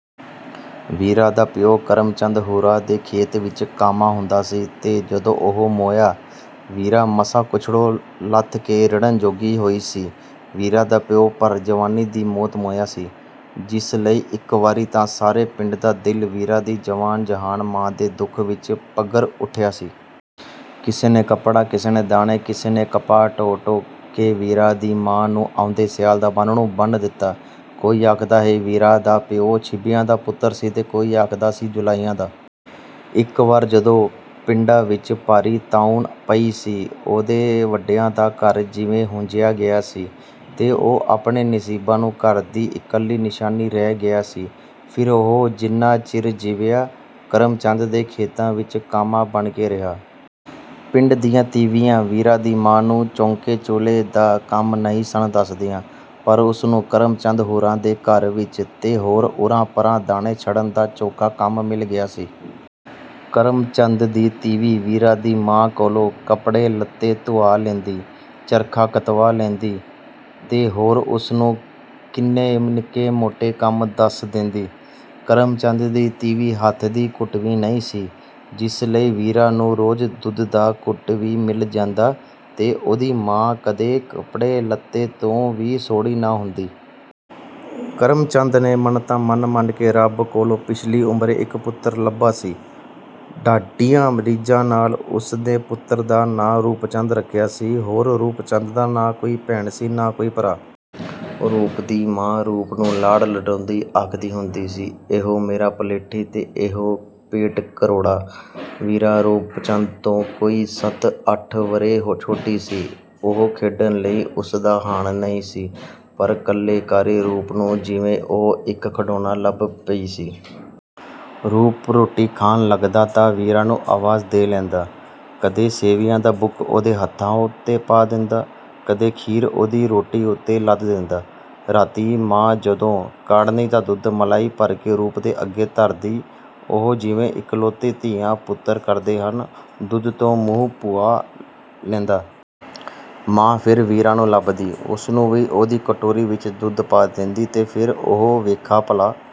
ਵੀਰਾਂ ਦਾ ਪਿਓ ਕਰਮ ਚੰਦ ਹੁਰਾਂ ਦੇ ਖੇਤ ਵਿੱਚ ਕਾਮਾ ਹੁੰਦਾ ਸੀ ਤੇ ਜਦੋਂ ਉਹ ਮੋਇਆ, ਵੀਰਾਂ ਮਸਾਂ ਕੁਛੜੋਂ ਲੱਥ ਕੇ ਰਿੜ੍ਹਨ ਜੋਗੀ ਹੋਈ ਸੀ। ਵੀਰਾਂ ਦਾ ਪਿਓ ਭਰ ਜਵਾਨੀ ਦੀ ਮੌਤ ਮੋਇਆ ਸੀ, ਜਿਸ ਲਈ ਇੱਕ ਵਾਰੀ ਤਾਂ ਸਾਰੇ ਪਿੰਡ ਦਾ ਦਿਲ ਵੀਰਾਂ ਦੀ ਜਵਾਨ-ਜਹਾਨ ਮਾਂ ਦੇ ਦੁੱਖ ਵਿੱਚ ਪਘਰ ਉੱਠਿਆ ਸੀ। ਕਿਸੇ ਨੇ ਕੱਪੜਾ, ਕਿਸੇ ਨੇ ਦਾਣੇ, ਕਿਸੇ ਨੇ ਕਪਾਹ ਢੋ-ਢੋ ਕੇ ਵੀਰਾਂ ਦੀ ਮਾਂ ਨੂੰ ਆਉਂਦੇ ਸਿਆਲ ਦਾ ਬਾਨ੍ਹਣੂ ਬੰਨ੍ਹ ਦਿੱਤਾ। ਕੋਈ ਆਖਦਾ ਹੈ ਵੀਰਾਂ ਦਾ ਪਿਓ ਛੀਂਬਿਆਂ ਦਾ ਪੁੱਤਰ ਸੀ ਤੇ ਕੋਈ ਆਖਦਾ ਸੀ ਜੁਲਾਹਿਆਂ ਦਾ। ਇੱਕ ਵਾਰ, ਜਦੋਂ ਪਿੰਡਾਂ ਵਿੱਚ ਭਾਰੀ ਤਾਊਨ ਪਈ ਸੀ, ਉਹਦੇ ਵੱਡਿਆਂ ਦਾ ਘਰ ਜਿਵੇਂ ਹੂੰਝਿਆ ਗਿਆ ਸੀ ਤੇ ਉਹ ਆਪਣੇ ਨਸੀਬਾਂ ਨੂੰ ਘਰ ਦੀ ਇਕੱਲੀ ਨਿਸ਼ਾਨੀ ਰਹਿ ਗਿਆ ਸੀ। ਫਿਰ ਉਹ ਜਿੰਨਾ ਚਿਰ ਜੀਵਿਆ, ਕਰਮ ਚੰਦ ਦੇ ਖੇਤਾਂ ਵਿੱਚ ਕਾਮਾ ਬਣ ਕੇ ਰਿਹਾ। ਪਿੰਡ ਦੀਆਂ ਤੀਵੀਆਂ ਵੀਰਾਂ ਦੀ ਮਾਂ ਨੂੰ ਚੌਂਕੇ-ਚੁੱਲ੍ਹੇ ਦਾ ਕੰਮ ਨਹੀਂ ਸਨ ਦੱਸਦੀਆਂ, ਪਰ ਉਸ ਨੂੰ ਕਰਮ ਚੰਦ ਹੁਰਾਂ ਦੇ ਘਰ ਵਿੱਚ ਤੇ ਹੋਰ ਉਰ੍ਹਾਂ-ਪਰ੍ਹਾਂ ਦਾਣੇ ਛੜਨ ਦਾ ਚੋਖਾ ਕੰਮ ਮਿਲ ਗਿਆ ਸੀ। ਕਰਮ ਚੰਦ ਦੀ ਤੀਵੀਂ ਵੀਰਾਂ ਦੀ ਮਾਂ ਕੋਲੋਂ ਕੱਪੜੇ-ਲੱਤੇ ਧੁਆ ਲੈਂਦੀ, ਚਰਖਾ ਕਤਵਾ ਲੈਂਦੀ ਤੇ ਹੋਰ ਉਸ ਨੂੰ ਕਿੰਨੇ ਨਿੱਕੇ-ਮੋਟੇ ਕੰਮ ਦੱਸ ਦੇਂਦੀ। ਕਰਮ ਚੰਦ ਦੀ ਤੀਵੀਂ ਹੱਥ ਦੀ ਘੁੱਟਵੀਂ ਨਹੀਂ ਸੀ, ਜਿਸ ਲਈ ਵੀਰਾਂ ਨੂੰ ਰੋਜ਼ ਦੁੱਧ ਦਾ ਘੁੱਟ ਵੀ ਮਿਲ ਜਾਂਦਾ ਤੇ ਉਹਦੀ ਮਾਂ ਕਦੇ ਕੱਪੜੇ-ਲੱਤੇ ਤੋਂ ਵੀ ਸੌੜੀ ਨਾ ਹੁੰਦੀ। ਕਰਮ ਚੰਦ ਨੇ ਮੰਨਤਾਂ ਮੰਨ-ਮੰਨ ਕੇ ਰੱਬ ਕੋਲੋਂ ਪਿਛਲੀ ਉਮਰੇ ਇੱਕ ਪੁੱਤਰ ਲੱਭਾ ਸੀ। ਡਾਢੀਆਂ ਰੀਝਾਂ ਨਾਲ ਉਸ ਨੇ ਪੁੱਤਰ ਦਾ ਨਾਂ ਰੂਪ ਚੰਦ ਰੱਖਿਆ ਸੀ। ਹੋਰ ਰੂਪ ਚੰਦ ਦਾ ਨਾ ਕੋਈ ਭੈਣ ਸੀ, ਨਾ ਕੋਈ ਭਰਾ। ਰੂਪ ਦੀ ਮਾਂ ਰੂਪ ਨੂੰ ਲਾਡ ਲਡਾਉਂਦੀ ਆਖਦੀ ਹੁੰਦੀ ਸੀ, “ਇਹੋ ਮੇਰਾ ਪਲੇਠੀ ਤੇ ਇਹੋ ਪੇਟ-ਘਰੋੜਾ।” ਵੀਰਾਂ ਰੂਪ ਚੰਦ ਤੋਂ ਕੋਈ ਸੱਤ-ਅੱਠ ਵਰ੍ਹੇ ਛੋਟੀ ਸੀ। ਉਹ ਖੇਡਣ ਲਈ ਉਸ ਦਾ ਹਾਣ ਨਹੀਂ ਸੀ, ਪਰ ਕੱਲੇ-ਕਾਰੇ ਰੂਪ ਨੂੰ ਜਿਵੇਂ ਉਹ ਇੱਕ ਖਿਡੌਣਾ ਲੱਭ ਪਈ ਸੀ। ਰੂਪ ਰੋਟੀ ਖਾਣ ਲੱਗਦਾ ਤਾਂ ਵੀਰਾਂ ਨੂੰ ਆਵਾਜ਼ ਦੇ ਲੈਂਦਾ। ਕਦੇ ਸੇਵੀਆਂ ਦਾ ਬੁੱਕ ਉਹਦੇ ਹੱਥਾਂ ਉੱਤੇ ਪਾ ਦਿੰਦਾ, ਕਦੇ ਖੀਰ ਉਹਦੀ ਰੋਟੀ ਉੱਤੇ ਲੱਦ ਦੇਂਦਾ। ਰਾਤੀਂ ਮਾਂ ਜਦੋਂ ਕਾੜ੍ਹਨੀ ਦਾ ਦੁੱਧ ਮਲਾਈ ਭਰ ਕੇ ਰੂਪ ਦੇ ਅੱਗੇ ਧਰਦੀ, ਉਹ, ਜਿਵੇਂ ਇਕਲੌਤੇ ਧੀਆਂ-ਪੁੱਤਰ ਕਰਦੇ ਹਨ, ਦੁੱਧ ਤੋਂ ਮੂੰਹ ਭੁਆ ਲੈਂਦਾ। ਮਾਂ ਫਿਰ ਵੀਰਾਂ ਨੂੰ ਲੱਭਦੀ, ਉਸ ਨੂੰ ਵੀ ਉਹਦੀ ਕਟੋਰੀ ਵਿੱਚ ਦੁੱਧ ਪਾ ਦੇਂਦੀ ਤੇ ਫਿਰ ਉਹ, “ਵੇਖਾ‌ ਭਲਾ...”